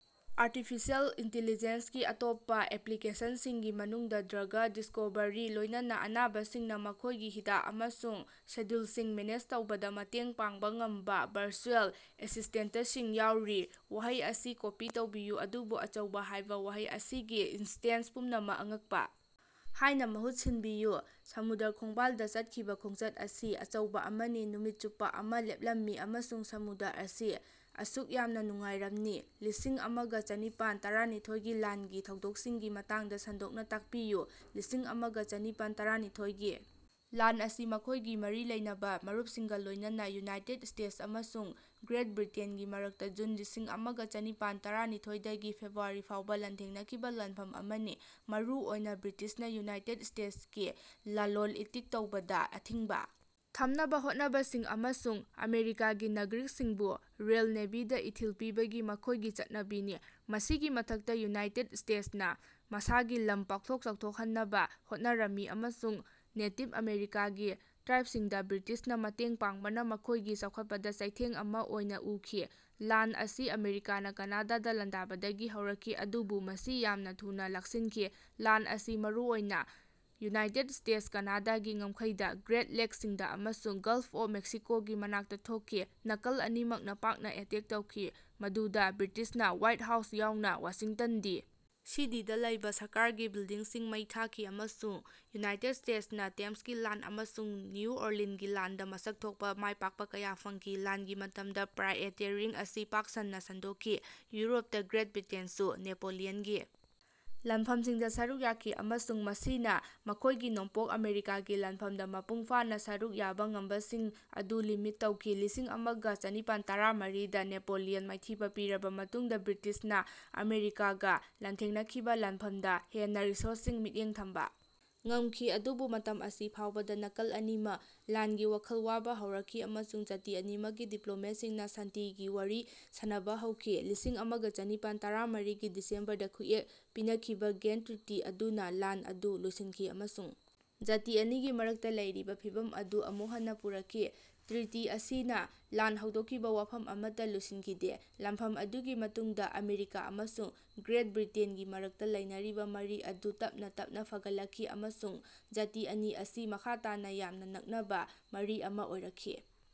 Artificial ꯏꯟꯇꯦꯂꯤꯖꯦꯟꯁꯒꯤ ꯑꯇꯣꯞꯄ ꯑꯦꯄ꯭ꯂꯤꯀꯦꯁꯟꯁꯤꯡꯒꯤ ꯃꯅꯨꯡꯗ drug discovery, ꯂꯣꯏꯅꯅ ꯑꯅꯥꯕꯁꯤꯡꯅ ꯃꯈꯣꯏꯒꯤ ꯍꯤꯗꯥꯛ ꯑꯃꯁꯨꯡ ꯁꯦꯗ꯭ꯌꯨꯜꯁꯤꯡ ꯃꯦꯅꯦꯖ ꯇꯧꯕꯗ ꯃꯇꯦꯡ ꯄꯥꯡꯕ ꯉꯝꯕ ꯚꯔꯆꯨꯑꯦꯜ ꯑꯦꯁꯤꯁꯇꯦꯟꯇꯁꯤꯡ ꯌꯥꯎꯔꯤ꯫ ꯋꯥꯍꯩ ꯑꯁꯤ ꯀꯣꯄꯤ ꯇꯧꯕꯤꯌꯨ ꯑꯗꯨꯕꯨ "ꯑꯆꯧꯕ" ꯍꯥꯏꯕ ꯋꯥꯍꯩ ꯑꯁꯤꯒꯤ ꯏꯟꯁꯇꯦꯟꯁ ꯄꯨꯝꯅꯃꯛ "ꯑꯉꯛꯄ" ꯍꯥꯏꯅ ꯃꯍꯨꯠ ꯁꯤꯟꯕꯤꯌꯨ꯫ ꯁꯃꯨꯗ꯭ꯔ ꯈꯣꯡꯕꯥꯜꯗ ꯆꯠꯈꯤꯕ ꯈꯣꯡꯆꯠ ꯑꯁꯤ ꯑꯆꯧꯕ ꯑꯃꯅꯤ ꯅꯨꯃꯤꯠ ꯆꯨꯞꯄ ꯑꯃ ꯂꯦꯞꯂꯝꯃꯤ ꯑꯃꯁꯨꯡ ꯁꯃꯨꯗ꯭ꯔ ꯑꯁꯤ ꯑꯁꯨꯛ ꯌꯥꯝꯅ ꯅꯨꯡꯉꯥꯏꯔꯝꯃꯤ꯫ ꯂꯤꯁꯤꯡ ꯑꯃꯒ ꯆꯅꯤꯄꯥꯟ ꯇꯔꯥꯅꯤꯊꯣꯏꯒꯤ ꯂꯥꯟꯒꯤ ꯊꯧꯗꯣꯛꯁꯤꯡꯒꯤ ꯃꯇꯥꯡꯗ ꯁꯟꯗꯣꯛꯅ ꯇꯥꯛꯄꯤꯌꯨ꯫ ꯂꯤꯁꯤꯡ ꯑꯃꯒ ꯆꯅꯤꯄꯥꯟ ꯇꯔꯥꯅꯤꯊꯣꯏꯒꯤ ꯂꯥꯟ ꯑꯁꯤ ꯃꯈꯣꯏꯒꯤ ꯃꯔꯤ ꯂꯩꯅꯕ ꯃꯔꯨꯞꯁꯤꯡꯒ ꯂꯣꯏꯅꯅ ꯌꯨꯅꯥꯏꯇꯦꯗ ꯁ꯭ꯇꯦꯇꯁ ꯑꯃꯁꯨꯡ ꯒ꯭ꯔꯦꯠ ꯕ꯭ꯔꯤꯇꯦꯟꯒꯤ ꯃꯔꯛꯇ ꯖꯨꯟ ꯂꯤꯁꯤꯡ ꯑꯃꯒ ꯆꯅꯤꯄꯥꯟ ꯇꯔꯥꯅꯤꯊꯣꯏ ꯗꯒꯤ ꯐꯦꯕ꯭ꯔꯨꯋꯥꯔꯤ ꯐꯥꯎꯕ ꯂꯥꯟꯊꯦꯡꯅꯈꯤꯕ ꯂꯥꯟꯐꯝ ꯑꯃꯅꯤ, ꯃꯔꯨ ꯑꯣꯏꯅ ꯕ꯭ꯔꯤꯇꯤꯁꯅ ꯌꯨꯅꯥꯏꯇꯦꯗ ꯁ꯭ꯇꯦꯇꯁ ꯀꯤ ꯂꯂꯣꯟ-ꯏꯇꯤꯛ ꯇꯧꯕꯗ ꯑꯊꯤꯡꯕ ꯊꯝꯅꯕ ꯍꯣꯠꯅꯈꯤꯕꯁꯤꯡ ꯑꯃꯁꯨꯡ ꯑꯃꯦꯔꯤꯀꯥꯒꯤ ꯅꯥꯒꯔꯤꯛꯁꯤꯡꯕꯨ ꯔꯣꯌꯦꯜ ꯅꯦꯚꯤꯗ ꯏꯊꯤꯜ ꯄꯤꯕꯒꯤ ꯃꯈꯣꯏꯒꯤ ꯆꯠꯅꯕꯤꯅꯤ꯫ ꯃꯁꯤꯒꯤ ꯃꯊꯛꯇ ꯌꯨꯅꯥꯏꯇꯦꯗ ꯁ꯭ꯇꯦꯇꯅ ꯃꯁꯥꯒꯤ ꯂꯝ ꯄꯥꯛꯊꯣꯛ ꯆꯥꯎꯊꯣꯛꯍꯟꯅꯕ ꯍꯣꯠꯅꯔꯝꯃꯤ ꯑꯃꯁꯨꯡ ꯅꯦꯇꯤꯚ ꯑꯃꯦꯔꯤꯀꯥꯒꯤ ꯇ꯭ꯔꯥꯏꯕꯁꯤꯡꯗ ꯕ꯭ꯔꯤꯇꯤꯁꯅ ꯃꯇꯦꯡ ꯄꯥꯡꯕꯅ ꯃꯈꯣꯏꯒꯤ ꯆꯥꯎꯈꯠꯄꯗ ꯆꯩꯊꯦꯡ ꯑꯃ ꯑꯣꯏꯅ ꯎꯈꯤ꯫ ꯂꯥꯟ ꯑꯁꯤ ꯑꯃꯦꯔꯤꯀꯥꯅ ꯀꯅꯥꯗꯥꯗ ꯂꯥꯟꯗꯥꯕꯗꯒꯤ ꯍꯧꯔꯛꯈꯤ, ꯑꯗꯨꯕꯨ ꯃꯁꯤ ꯌꯥꯝꯅ ꯊꯨꯅ ꯂꯥꯛꯁꯤꯟꯈꯤ꯫ ꯂꯥꯟ ꯑꯁꯤ ꯃꯔꯨꯑꯣꯏꯅ ꯌꯨꯅꯥꯏꯇꯦꯗ ꯁ꯭ꯇꯦꯇꯁ -ꯀꯅꯥꯗꯥꯒꯤ ꯉꯝꯈꯩꯗ, ꯒ꯭ꯔꯦꯠ ꯂꯦꯛꯁꯤꯡꯗ ꯑꯃꯁꯨꯡ ꯒꯜꯐ ꯑꯣꯐ ꯃꯦꯛꯁꯤꯀꯣꯒꯤ ꯃꯅꯥꯛꯇ ꯊꯣꯛꯈꯤ꯫ ꯅꯥꯀꯜ ꯑꯅꯤꯃꯛꯅ ꯄꯥꯛꯅ ꯑꯦꯇꯦꯛ ꯇꯧꯈꯤ, ꯃꯗꯨꯗ ꯕ꯭ꯔꯤꯇꯤꯁꯅ ꯍ꯭ꯋꯥꯏ ꯍꯥꯎꯁ ꯌꯥꯎꯅ ꯋꯥꯁꯤꯡꯇꯟ ꯗꯤ. ꯁꯤ. ꯗꯤ ꯗꯥ ꯂꯩꯕ ꯁꯔꯀꯥꯔꯒꯤ ꯕꯤꯜꯗꯤꯡꯁꯤꯡ ꯃꯩ ꯊꯥꯈꯤ ꯑꯃꯁꯨꯡ ꯌꯨꯅꯥꯏꯇꯦꯗ ꯁ꯭ꯇꯦꯇꯁ ꯅ ꯇꯦꯝꯁꯀꯤ ꯂꯥꯟ ꯑꯃꯁꯨꯡ ꯅ꯭ꯌꯨ ꯑꯣꯔꯂꯤꯟꯒꯤ ꯂꯥꯟꯗ ꯃꯁꯛ ꯊꯣꯛꯄ ꯃꯥꯏꯄꯥꯛꯄ ꯀꯌꯥ ꯐꯪꯈꯤ꯫ ꯂꯥꯟꯒꯤ ꯃꯇꯝꯗ ꯄ꯭ꯔꯥꯏꯑꯦꯇꯦꯔꯤꯡ ꯑꯁꯤ ꯄꯥꯛ ꯁꯟꯅ ꯁꯟꯗꯣꯛꯈꯤ꯫ ꯌꯨꯔꯣꯞꯇ ꯒ꯭ꯔꯦꯠ ꯕ꯭ꯔꯤꯇꯦꯟꯁꯨ ꯅꯦꯄꯣꯂꯤꯌꯟꯒꯤ ꯂꯥꯟꯐꯝꯁꯤꯡꯗ ꯁꯔꯨꯛ ꯌꯥꯈꯤ, ꯑꯃꯁꯨꯡ ꯃꯁꯤꯅ ꯃꯈꯣꯏꯒꯤ ꯅꯣꯡꯄꯣꯛ ꯑꯃꯦꯔꯤꯀꯥꯒꯤ ꯂꯥꯟꯐꯃꯗ ꯃꯄꯨꯡ ꯐꯥꯅ ꯁꯔꯨꯛ ꯌꯥꯕ ꯉꯝꯕꯁꯤꯡ ꯑꯗꯨ ꯂꯤꯃꯤꯠ ꯇꯧꯈꯤ꯫ ꯂꯤꯁꯤꯡ ꯑꯃꯒ ꯆꯅꯤꯄꯥꯟ ꯇꯔꯥꯃꯔꯤꯗ ꯅꯦꯄꯣꯂꯤꯌꯟ ꯃꯥꯏꯊꯤꯕ ꯄꯤꯔꯕ ꯃꯇꯨꯡꯗ ꯕ꯭ꯔꯤꯇꯤꯁꯅ ꯑꯃꯦꯔꯤꯀꯥꯒ ꯂꯥꯟꯊꯦꯡꯅꯈꯤꯕ ꯂꯥꯟꯐꯃꯗ ꯍꯦꯟꯅ ꯔꯤꯁꯣꯔꯁꯁꯤꯡ ꯃꯤꯠꯌꯦꯡ ꯊꯝꯕ ꯉꯝꯈꯤ꯫ ꯑꯗꯨꯕꯨ ꯃꯇꯝ ꯑꯁꯤ ꯐꯥꯎꯕꯗ ꯅꯥꯀꯜ ꯑꯅꯤꯃꯛ ꯂꯥꯟꯒꯤ ꯋꯥꯈꯜ ꯋꯥꯕ ꯍꯧꯔꯛꯈꯤ ꯑꯃꯁꯨꯡ ꯖꯥꯇꯤ ꯑꯅꯤꯃꯛꯀꯤ ꯗꯤꯄ꯭ꯂꯣꯃꯦꯠꯁꯤꯡꯅ ꯁꯥꯟꯇꯤꯒꯤ ꯋꯥꯔꯤ ꯁꯥꯅꯕ ꯍꯧꯈꯤ꯫ ꯂꯤꯁꯤꯡ ꯑꯃꯒ ꯆꯅꯤꯄꯥꯟ ꯇꯔꯥꯃꯔꯤꯒꯤ ꯗꯤꯁꯦꯝꯕꯔꯗ ꯈꯨꯠꯌꯦꯛ ꯄꯤꯅꯈꯤꯕ ꯒꯦꯟꯇ ꯇ꯭ꯔꯤꯇꯤ ꯑꯗꯨꯅ ꯂꯥꯟ ꯑꯗꯨ ꯂꯣꯏꯁꯤꯟꯈꯤ ꯑꯃꯁꯨꯡ ꯖꯥꯇꯤ ꯑꯅꯤꯒꯤ ꯃꯔꯛꯇ ꯂꯩꯔꯤꯕ ꯐꯤꯚꯝ ꯑꯗꯨ ꯑꯃꯨꯛ ꯍꯟꯅ ꯄꯨꯔꯛꯈꯤ꯫ ꯇ꯭ꯔꯤꯇꯤ ꯑꯁꯤꯅ ꯂꯥꯟ ꯍꯧꯗꯣꯛꯈꯤꯕ ꯋꯥꯐꯝ ꯑꯃꯠꯇ ꯂꯣꯏꯁꯤꯟꯈꯤꯗꯦ꯫ ꯂꯥꯟꯐꯝ ꯑꯗꯨꯒꯤ ꯃꯇꯨꯡꯗ ꯑꯃꯦꯔꯤꯀꯥ ꯑꯃꯁꯨꯡ ꯒ꯭ꯔꯦꯠ ꯕ꯭ꯔꯤꯇꯦꯟꯒꯤ ꯃꯔꯛꯇ ꯂꯩꯅꯔꯤꯕ ꯃꯔꯤ ꯑꯗꯨ ꯇꯞꯅ ꯇꯞꯅ ꯐꯒꯠꯂꯛꯈꯤ, ꯑꯃꯁꯨꯡ ꯖꯥꯇꯤ ꯑꯅꯤ ꯑꯁꯤ ꯃꯈꯥ ꯇꯥꯅ ꯌꯥꯝꯅ ꯅꯛꯅꯕ ꯃꯔꯤ ꯑꯃ ꯑꯣꯏꯔꯛꯈꯤ꯫